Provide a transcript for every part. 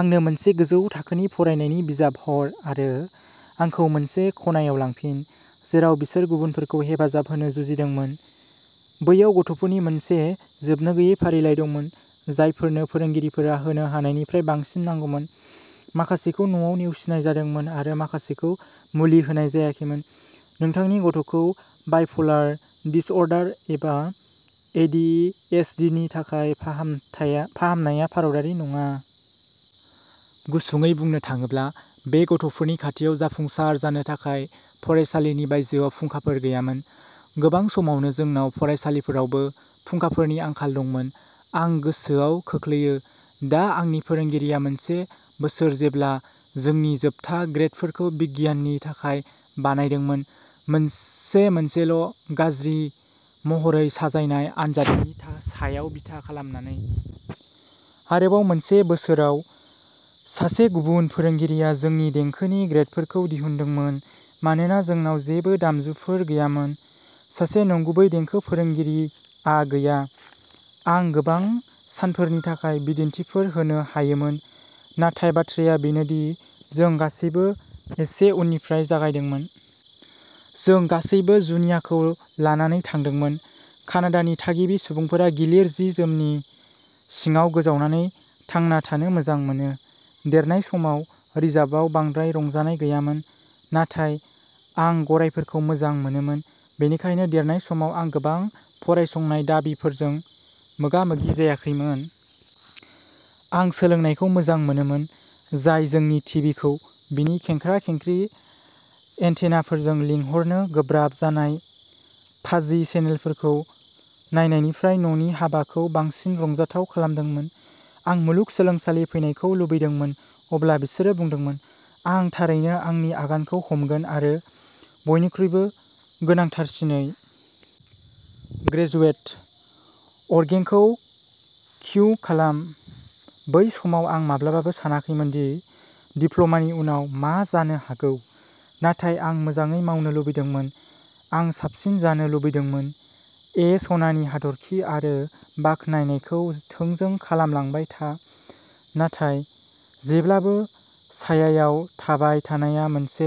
आंनो मोनसे गोजौ थाखोनि फरायनायनि बिजाब हर आरो आंखौ मोनसे खनायाव लांफिन, जेराव बिसोर गुबुनफोरखौ हेफाजाब होनो जुजिदोंमोन। बैयाव गथ'फोरनि मोनसे जोबनो गैयै फारिलाइ दंमोन, जायफोरनो फोरोंगिरिफोरा होनो हानायनिफ्राय बांसिन नांगौमोन। माखासेखौ न'आव नेवसिनाय जादोंमोन, आरो माखासेखौ मुलि होनाय जायाखैमोन; नोंथांनि गथ'खौ बाइपलार डिसअर्डार एबा एडिएचडिनि थाखाय फाहामनाया भारतारि नङा। गुसुंयै बुंनो थाङोब्ला, बे गथ'फोरनि खाथियाव जाफुंसार जानो थाखाय फरायसालिनि बायजोआव फुंखाफोर गैयामोन। गोबां समावनो, जोंनाव फरायसालियावबो फुंखाफोरनि आंखाल दंमोन। आं गोसोआव खोख्लैयो, दा आंनि फोरोंगिरिया मोनसे बोसोर जेब्ला जोंनि जोबथा ग्रेदफोरखौ बिगियाननि थाखाय बानायदोंमोन, मोनसे मोनसेल ', गाज्रि महरै साजायनाय आनजादनि सायाव बिथा खालामनानै। आरोबाव मोनसे बोसोराव, सासे गुबुन फोरोंगिरिआ जोंनि देंखोनि ग्रेदफोरखौ दिहुनदोंमोन मानोना जोंनाव जेबो दामजुफोर गैयामोन; सासे नंगुबै देंखो फोरोंगिरिया गैया। आं गोबां सानफोरनि थाखाय बिदिन्थिफोर होनो हायोमोन, नाथाय बाथ्राया बेनो दि जों गासैबो एसे उननिफ्राय जागायदोंमोन। जों गासैबो जुनियाखौ लानानै थांदोंमोन। कानाडानि थागिबि सुबुंफोरा गिलिर जि-जोमनि सिङाव गोजावनानै थांना थानो मोजां मोनो। देरनाय समाव, रिजार्भआव बांद्राय रंजानाय गैयामोन। नाथाय आं गरायफोरखौ मोजां मोनोमोन! बेनिखायनो देरनाय समाव, आं गोबां फरायसंनाय दाबिफोरजों मोगा-मोगि जायाखैमोन। आं सोलोंनायखौ मोजां मोनोमोन, जाय जोंनि टिभिखौ बिनि खेंख्रा-खेंख्रि एन्टेनाफोरजों लिंहरनो गोब्राब जानाय फाजि चेनेलफोरखौ नायनायनिख्रुइ न'नि हाबाखौ बांसिन रंजाथाव खालामदोंमोन। आं मुलुग सोलोंसालि फैनायखौ लुबैदोंमोन। अब्ला, बिसोरो बुंदोंमोन, आं थारैनो आंनि आगानखौ हमगोन आरो बयनिख्रुइबो गोनांथारसिनै... ग्रेजुवेट! अरगेंखौ क्यू खालाम। बै समाव, आं माब्लाबाबो सानाखैमोन दि डिप्ल'मानि उनाव मा जानो हागौ। नाथाय आं मोजाङै मावनो लुबैदोंमोन। आं साबसिन जानो लुबैदोंमोन। ए, सनानि हाथरखि आरो बाख्नायनायखौ थोंजों खालामलांबाय था। नाथाय जेब्लाबो सायायाव थाबाय थानाया मोनसे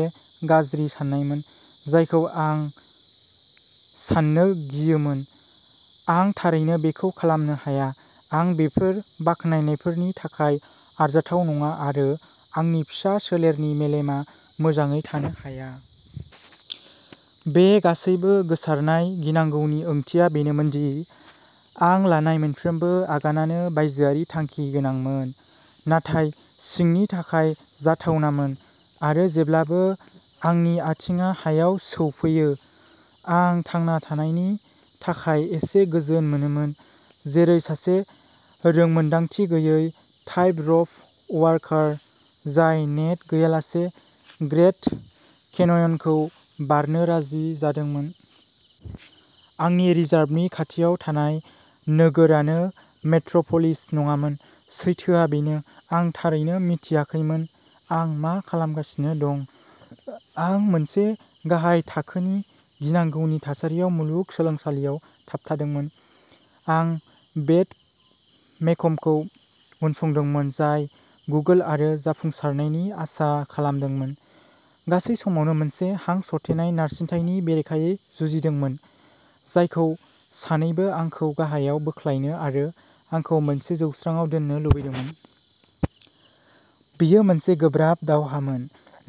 गाज्रि साननायमोन जायखौ आं साननो गियोमोनः आं थारैनो बेखौ खालामनो हाया, आं बेफोर बाख्नायनायफोरनि थाखाय आरजाथाव नङा, आरो आंनि फिसा सोहोरनि मेलेमआ मोजाङै थानो हाया। बे गासैबो गोसारनाय गिनांगौनि ओंथिया बेनोमोन दि आं लानाय मोनफ्रोमबो आगानानो बायजोआरि थांखि गोनांमोन, नाथाय सिंनि थाखाय जाथावनामोन। आरो जेब्लानो आंनि आथिंआ हायाव सौफैयो, आं थांना थानायनि थाखाय एसे गोजोन मोनोमोन; जेरै सासे रोंमोन्दांथि गैयै टाइट-र'प वाकार जाय नेट गैयालासे ग्रेन्ड केनयनखौ बारनो राजि जादोंमोन। आंनि रिजार्भनि खाथियाव थानाय नोगोरआबो मेट्र'प'लिस नङामोन। सैथोआ बेनोः आं थारैनो मिन्थियाखैमोन आं मा खालामगासिनो दं। आं मोनसे गाहाय थाखोनि गिनांगौनि थासारियाव मुलुग सोलोंसालियाव थाबथादोंमोन। आं वेड मेकमखौ उनसंदोंमोन जाय गुगोल आरो जाफुंसारनायनि आसा खालामदोंमोन, गासै समावनो मोनसे हां सरथेनाय नारसिनथायनि बेरेखायै जुजिदोंमोन जायखौ सानैबो आंखौ गाहायाव बोख्लायनो आरो आंखौ मोनसे जौसाङाव दोन्नो लुबैदोंमोन। बेयो मोनसे गोब्राब दावहामोन।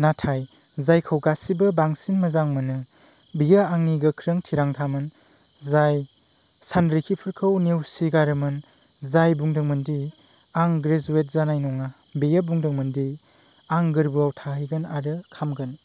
नाथाय जायखौ गासिबो बांसिन मोजां मोनो, बेयो आंनि गोख्रों थिरांथामोन जाय सानरिखिफोरखौ नेवसिगारोमोन जाय बुंदोंमोन दि आं ग्रेज्युएट जानाय नङा; बेयो बुंदोंमोन दि आं गोर्बोआव थाहैगोन आरो खामगोन।